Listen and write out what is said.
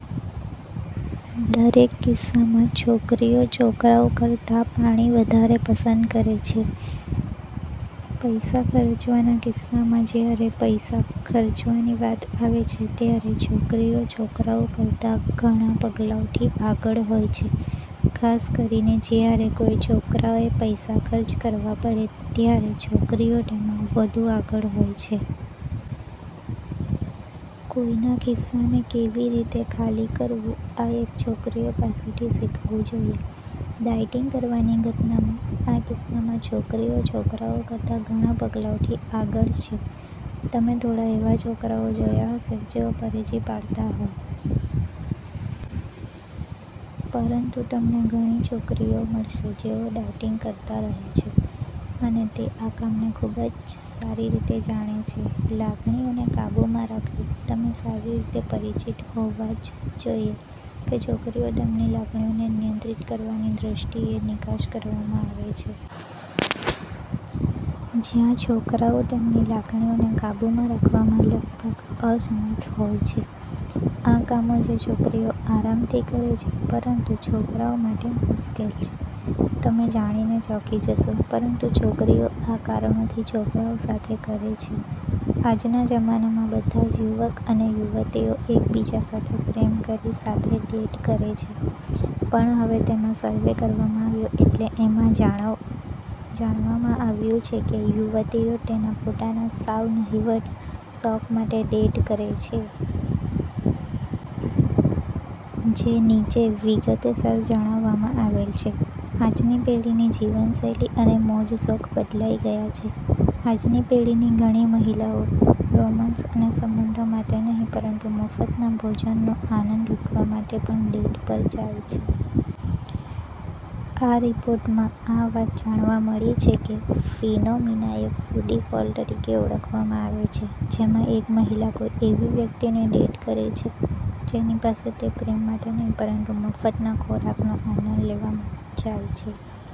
દરેક કિસ્સામાં છોકરીઓ છોકરાઓ કરતા પાણી વધારે પસંદ કરે છે. પૈસા ખર્ચવાના કિસ્સામાં: જ્યારે પૈસા ખર્ચવાની વાત આવે છે, ત્યારે છોકરીઓ છોકરાઓ કરતા ઘણા પગલાઓથી આગળ હોય છે. ખાસ કરીને જ્યારે કોઈ છોકરાએ પૈસા ખર્ચ કરવા પડે ત્યારે છોકરીઓ તેમાં વધુ આગળ હોય છે. કોઈના ખિસ્સાને કેવી રીતે ખાલી કરવું, આ એક છોકરીઓ પાસેથી શીખવું જોઈએ. ડાયટિંગ કરવાની ઘટનામાં: આ કિસ્સામાં, છોકરીઓ છોકરાઓ કરતા ઘણા પગલાઓથી આગળ છે. તમે થોડા એવા છોકરાઓ જોયા હશે જેઓ પરેજી પાળતા હોય. પરંતુ તમને ઘણી છોકરીઓ મળશે જેઓ ડાયેટિંગ કરતા રહે છે. અને તે આ કામને ખૂબ સારી રીતે જાણે છે. લાગણીઓને કાબૂમાં રાખવી: તમે સારી રીતે પરિચિત હોવા જ જોઈએ કે છોકરીઓ તેમની લાગણીઓને નિયંત્રિત કરવાની દ્રષ્ટિએ નિકાસ કરવામાં આવે છે. જ્યાં છોકરાઓ તેમની લાગણીઓને કાબૂમાં રાખવામાં લગભગ અસમર્થ હોય છે. "આ કામો જે છોકરીઓ આરામથી કરે છે, પરંતુ છોકરાઓ માટે મુશ્કેલ છે". તમે જાણી ને ચોંકી જશો, પરંતુ છોકરીઓ આ કારણોથી છોકરાઓ સાથે કરે છે આજના જમાનામાં બધા જ યુવક અને યુવતીઓં એક બીજા સાથે પ્રેમ કરી સાથે ડેટ કરે છે, પણ હવે તેમાં સર્વે કરવામાં આવ્યો એટલે એમાં જાણવામાં આવ્યું છે કે યુવતીઓં તેના પોતાના સાઉ નહીવત શોખ માટે ડેટ કરે છે. જે નીચે વિગતેસર જણાવવામાં આવેલ છે. આજની પેઢીની જીવનશૈલી અને મોજશોખ બદલાઇ ગયા છે. આજની પેઢીની ઘણી મહિલાઓ રોમાંસ અને સંબંધો માટે નહીં, પરંતુ મફતના ભોજનનો આનંદ લૂંટવા માટે પણ ડેટ પર જાય છે. એક રિપોર્ટમાં આ વાત જાણવા મળી છે કે, ફિનોમિનાએ ફૂડી કૉલ તરીકે ઓળખવામાં આવે છે. જેમાં એક મહિલા કોઇ એવી વ્યક્તિને ડેટ કરે છે, જેની પાસે તે પ્રેમ માટે નહીં, પરંતુ મફતના ખોરાકનો આનંદ લેવા જાય છે.